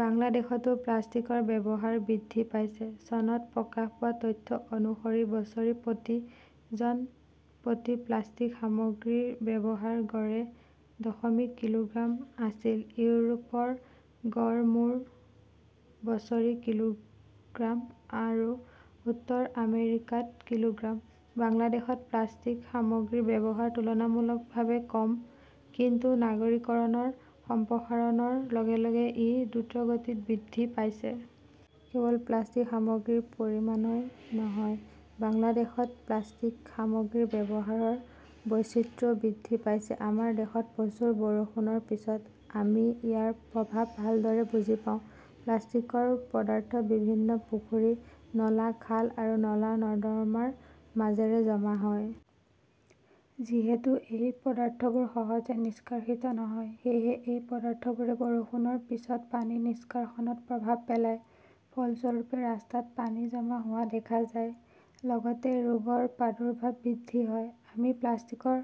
বাংলাদেশতো প্লাষ্টিকৰ ব্যৱহাৰ বৃদ্ধি পাইছে। চনত প্ৰকাশ পোৱা তথ্য অনুসৰি বছৰি প্ৰতি জন প্ৰতি প্লাষ্টিক সামগ্ৰীৰ ব্যৱহাৰ গড়ে দশমিক কিলোগ্ৰাম আছিল। ইউৰোপৰ গড় মূৰ বছৰি কিলোগ্ৰাম আৰু উত্তৰ আমেৰিকাত কিলোগ্ৰাম। বাংলাদেশত প্লাষ্টিক সামগ্ৰীৰ ব্যৱহাৰ তুলনামূলকভাৱে কম, কিন্তু নগৰীকৰণৰ সম্প্ৰসাৰণৰ লগে লগে ই দ্ৰুতগতিত বৃদ্ধি পাইছে। কেৱল প্লাষ্টিক সামগ্ৰীৰ পৰিমাণই নহয়, বাংলাদেশত প্লাষ্টিক সামগ্ৰীৰ ব্যৱহাৰৰ বৈচিত্ৰ্যও বৃদ্ধি পাইছে। আমাৰ দেশত প্ৰচুৰ বৰষুণৰ পিছত আমি ইয়াৰ প্ৰভাৱ ভালদৰে বুজি পাওঁ। প্লাষ্টিকৰ পদাৰ্থ বিভিন্ন পুখুৰী, নলা, খাল আৰু নলা-নৰ্দমাৰ মাজেৰে জমা হয়। যিহেতু এই পদাৰ্থবোৰ সহজে নিষ্কাশিত নহয়, সেয়েহে এই পদাৰ্থবোৰে বৰষুণৰ পিছত পানী নিষ্কাশনত প্ৰভাৱ পেলায়। ফলস্বৰূপে, ৰাস্তাত পানী জমা হোৱা দেখা যায়, লগতে ৰোগৰ প্ৰাদুৰ্ভাৱ বৃদ্ধি পায়। আমি প্লাষ্টিকৰ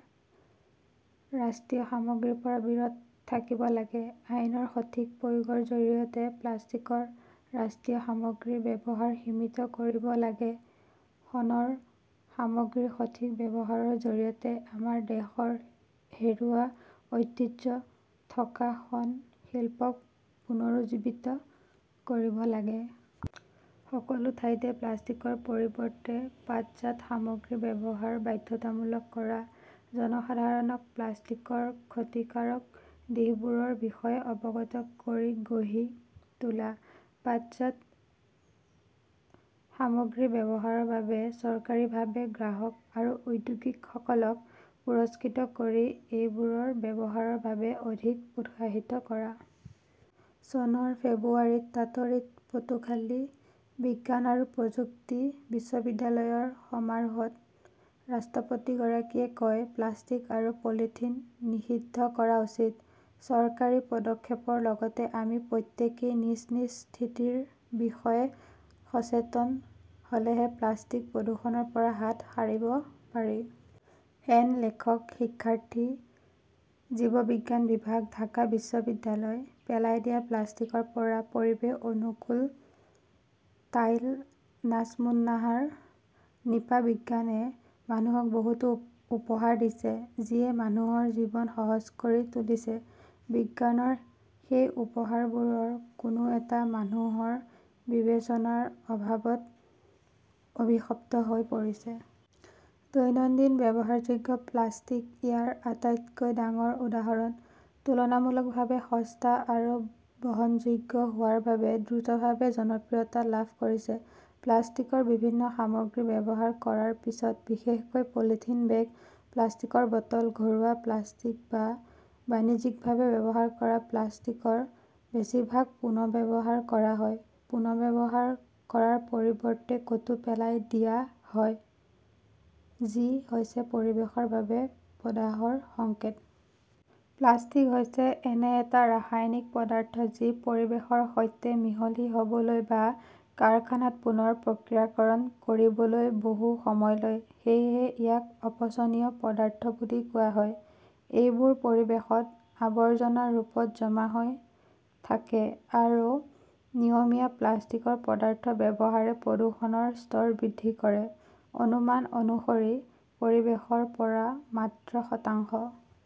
ৰাষ্ট্ৰীয় সামগ্ৰীৰ পৰা বিৰত থাকিব লাগে, আইনৰ সঠিক প্ৰয়োগৰ জৰিয়তে প্লাষ্টিকৰ ৰাষ্ট্ৰীয় সামগ্ৰীৰ ব্যৱহাৰ সীমিত কৰিব লাগে, শণৰ সামগ্ৰীৰ সঠিক ব্যৱহাৰৰ জৰিয়তে আমাৰ দেশৰ হেৰুওৱা ঐতিহ্য থকা শণ শিল্পক পুনৰুজ্জীৱিত কৰিব লাগে। সকলো ঠাইতে প্লাষ্টিকৰ পৰিৱৰ্তে পাটজাত সামগ্ৰীৰ ব্যৱহাৰ বাধ্যতামূলক কৰা, জনসাধাৰণক প্লাষ্টিকৰ ক্ষতিকাৰক দিশবোৰৰ বিষয়ে অৱগত কৰি গঢ়ি তোলা, পাটজাত সামগ্ৰীৰ ব্যৱহাৰৰ বাবে চৰকাৰীভাৱে গ্ৰাহক আৰু উদ্যোগীসকলক পুৰস্কৃত কৰি এইবোৰৰ ব্যৱহাৰৰ বাবে অধিক উৎসাহিত কৰা। চনৰ ফেব্ৰুৱাৰীত তাতৰিক পটুখালি বিজ্ঞান আৰু প্ৰযুক্তি বিশ্ববিদ্যালয়ৰ য় সমাৰোহত ৰাষ্ট্ৰপতিগৰাকীয়ে কয়, 'প্লাষ্টিক আৰু পলিথিন নিষিদ্ধ কৰা উচিত "। চৰকাৰী পদক্ষেপৰ লগতে আমি প্ৰত্যেকেই নিজ নিজ স্থিতিৰ বিষয়ে সচেতন হ "লেহে প্লাষ্টিক প্ৰদূষণৰ পৰা হাত সাৰিব পাৰি। এন লেখকঃ শিক্ষাৰ্থী, জীৱবিজ্ঞান বিভাগ, ঢাকা বিশ্ববিদ্যালয়। পেলাই দিয়া প্লাষ্টিকৰ পৰা পৰিৱেশ অনুকূল টাইল নাজমুন্নাহাৰ নিপা বিজ্ঞানে মানুহক বহুতো উপহাৰ দিছে, যিয়ে মানুহৰ জীৱন সহজ কৰি তুলিছে। বিজ্ঞানৰ সেই উপহাৰবোৰৰ কোনো এটা মানুহৰ বিবেচনাৰ অভাৱত অভিশপ্ত হৈ পৰিছে। দৈনন্দিন ব্যৱহাৰযোগ্য প্লাষ্টিক ইয়াৰ আটাইতকৈ ডাঙৰ উদাহৰণ। তুলনামূলকভাৱে সস্তা আৰু বহনযোগ্য হোৱাৰ বাবে দ্ৰুতভাৱে জনপ্ৰিয়তা লাভ কৰিছে। প্লাষ্টিকৰ বিভিন্ন সামগ্ৰী ব্যৱহাৰ কৰাৰ পিছত, বিশেষকৈ পলিথিন বেগ, প্লাষ্টিকৰ বটল, ঘৰুৱা প্লাষ্টিক বা বাণিজ্যিকভাৱে ব্যৱহাৰ কৰা প্লাষ্টিকৰ বেছিভাগ পুনৰ্ব্যৱহাৰ কৰা হয়, পুনৰ্ব্যৱহাৰ কৰাৰ পৰিৱৰ্তে ক "তো পেলাই দিয়া হয়-যি হৈছে পৰিৱেশৰ বাবে প্ৰদাহৰ সংকেত। প্লাষ্টিক হৈছে এনে এটা ৰাসায়নিক পদাৰ্থ যি পৰিৱেশৰ সৈতে মিহলি হ 'বলৈ বা কাৰখানাত পুনৰ প্ৰক্ৰিয়াকৰণ কৰিবলৈ বহু সময় লয়। সেয়েহে ইয়াক 'অপচনীয় পদাৰ্থ "বুলি কোৱা হয়। এইবোৰ পৰিৱেশত আৱৰ্জনাৰ ৰূপত জমা হৈ থাকে আৰু নিয়মীয়া প্লাষ্টিকৰ পদাৰ্থৰ ব্যৱহাৰে প্ৰদূষণৰ স্তৰ বৃদ্ধি কৰে। অনুমান অনুসৰি, পৰিৱেশৰ পৰা মাত্ৰ শতাংশ